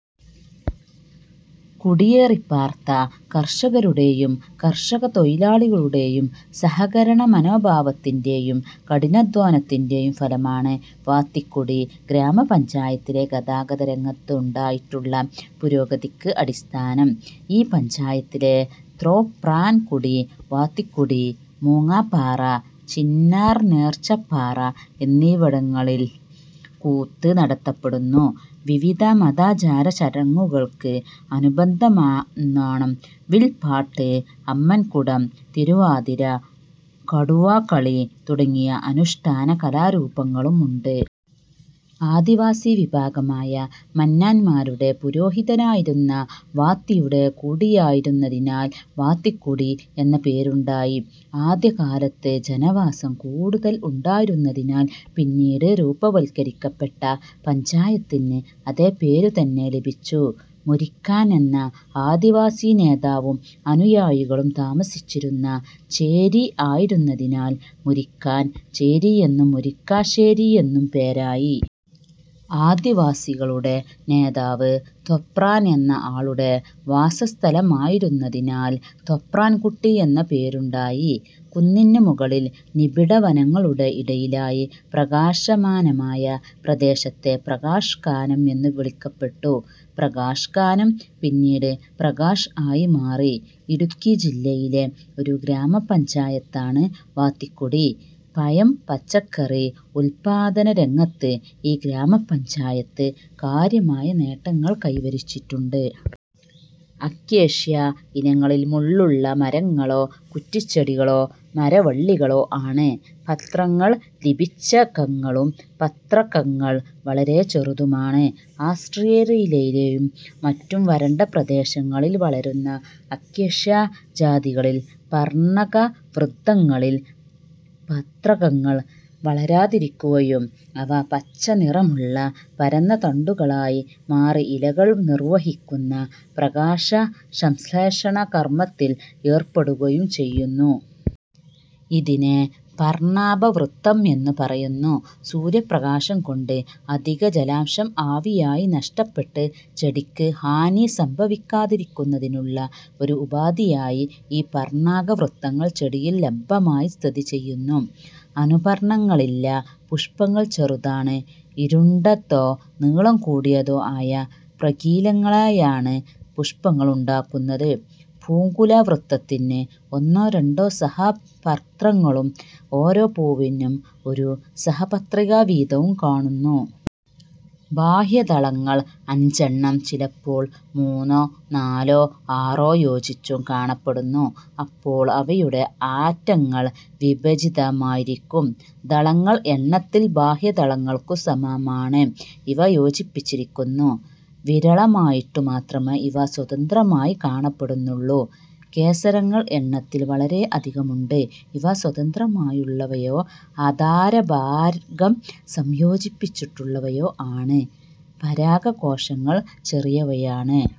കുടിയേറിപാർത്ത കർഷകരുടെയും കർഷകതൊഴിലാളികളുടെയും സഹകരണമനോഭാവത്തിന്റെയും കഠിനാദ്ധ്വാനത്തിന്റെയും ഫലമാണ് വാത്തിക്കുടി ഗ്രാമപഞ്ചായത്തിലെ ഗതാഗതരംഗത്ത് ഉണ്ടായിട്ടുള്ള പുരോഗതിക്ക് അടിസ്ഥാനം. ഈ പഞ്ചായത്തിലെ തോപ്രാൻകുടി, വാത്തിക്കുടി, മൂങ്ങാപ്പാറ, ചിന്നാർ, നേർച്ചപ്പാറ എന്നിവിടങ്ങളിൽ കൂത്ത് നടത്തപ്പെടുന്നു. വിവിധ മതാചാര ചടങ്ങുകൾക്ക് അനുബന്ധമെന്നാണം വിൽപ്പാട്ട്, അമ്മൻകുടം, തിരുവാതിര, കടുവാകളി തുടങ്ങി അനുഷ്ഠാന കലാരൂപങ്ങളും ഉണ്ട്. ആദിവാസി വിഭാഗമായ 'മന്നാൻ'മാരുടെ പുരോഹിതനായിരുന്ന 'വാത്തി'യുടെ കുടിയായിരുന്നതിനാൽ വാത്തിക്കുടി എന്ന പേരുണ്ടായി. ആദ്യകാലത്ത് ജനവാസം കൂടുതൽ ഉണ്ടായിരുന്നതിനാൽ പിന്നീട് രൂപവത്കരിക്കപ്പെട്ട പഞ്ചായത്തിന് അതേ പേരു തന്നെ ലഭിച്ചു. 'മുരിക്കാൻ' എന്ന ആദിവാസി നേതാവും അനുയായികളും താമസിച്ചിരുന്ന 'ചേരി' ആയിരുന്നതിനാൽ മുരിക്കാൻ ചേരി എന്നും മുരിക്കാശ്ശേരി എന്നും പേരായി. ആദിവാസികളുടെ നേതാവ് തോപ്രാൻ എന്ന ആളുടെ വാസസ്ഥലമായിരുന്നതിനാൽ തോപ്രാൻകുടി എന്ന പേരുണ്ടായി. കുന്നിനു മുകളിൽ നിബിഡ വനങ്ങളുടെ ഇടയിലായി പ്രകാശമാനമായ പ്രദേശത്തെ പ്രകാശ് കാനം എന്നു വിളിക്കപ്പെട്ടു. പ്രകാശ് കാനം പിന്നീട് പ്രകാശ് ആയി മാറി. ഇടുക്കി ജില്ലയിലെ ഒരു ഗ്രാമപഞ്ചായത്താണ് വാത്തിക്കുടി. പഴം പച്ചക്കറി ഉല്പാദനരംഗത്ത് ഈ ഗ്രാമപഞ്ചായത്ത് കാര്യമായ നേട്ടങ്ങൾ കൈവരിച്ചിട്ടുണ്ട്. അക്കേഷ്യ ഇനങ്ങൾ മുള്ളുള്ള മരങ്ങളോ കുറ്റിച്ചെടികളോ മരവള്ളികളോ ആണ്. പത്രങ്ങൾ ദ്വിപിച്ഛകങ്ങളും പത്രകങ്ങൾ വളരെ ചെറുതുമാണ്. ആസ്ട്രേലിയയിലെയും മറ്റും വരണ്ട പ്രദേശങ്ങളിൽ വളരുന്ന അക്കേഷ്യ ജാതികളിൽ പർണകവൃന്ത ങ്ങളിൽ പത്രകങ്ങൾ വളരാതിരിക്കുകയും അവ പച്ചനിറമുള്ള പരന്ന തണ്ടുകളായി മാറി ഇലകൾ നിർവഹിക്കുന്ന പ്രകാശസംശ്ളേഷണ കർമത്തിൽ ഏർപ്പെടുകയും ചെയ്യുന്നു. ഇതിനെ പർണാഭവൃന്തം എന്നു പറയുന്നു. സൂര്യപ്രകാശംകൊണ്ട് അധികം ജലാംശം ആവിയായി നഷ്ടപ്പെട്ട് ചെടിക്ക് ഹാനി സംഭവിക്കാതിരിക്കുന്നതിനുള്ള ഒരു ഉപാധിയായി, ഈ പർണകവൃന്തങ്ങൾ ചെടികളിൽ ലംബമായി സ്ഥിതിചെയ്യുന്നു. അനുപർണങ്ങളില്ല. പുഷ്പങ്ങൾ ചെറുതാണ്. ഉരുണ്ടതോ നീളം കൂടിയതോ ആയ പ്രകീലങ്ങളായാണ് പുഷ്പങ്ങളുണ്ടാകുന്നത്. പൂങ്കുലവൃന്തത്തിന് ഒന്നോ രണ്ടോ സഹപത്രങ്ങളും, ഓരോ പൂവിനും ഒരു സഹപത്രിക വീതവും കാണുന്നു. ബാഹ്യദളങ്ങൾ അഞ്ചെണ്ണം. ചിലപ്പോൾ മൂന്നോ, നാലോ, ആറോ യോജിച്ചും കാണപ്പെടുന്നു. അപ്പോൾ അവയുടെ അറ്റങ്ങൾ വിഭജിതമായിരിക്കും. ദളങ്ങൾ എണ്ണത്തിൽ ബാഹ്യദളങ്ങൾക്കു സമമാണ്; ഇവ യോജിച്ചിരിക്കുന്നു. വിരളമായിട്ടു മാത്രമേ ഇവ സ്വതന്ത്രമായി കാണപ്പെടുന്നുള്ളൂ. കേസരങ്ങൾ എണ്ണത്തിൽ വളരെ അധികമുണ്ട്; ഇവ സ്വതന്ത്രമായിട്ടുള്ളവയോ ആധാരഭാഗം സംയോജിച്ചിട്ടുള്ളവയോ ആണ്. പരാഗകോശങ്ങൾ ചെറിയവയാണ്.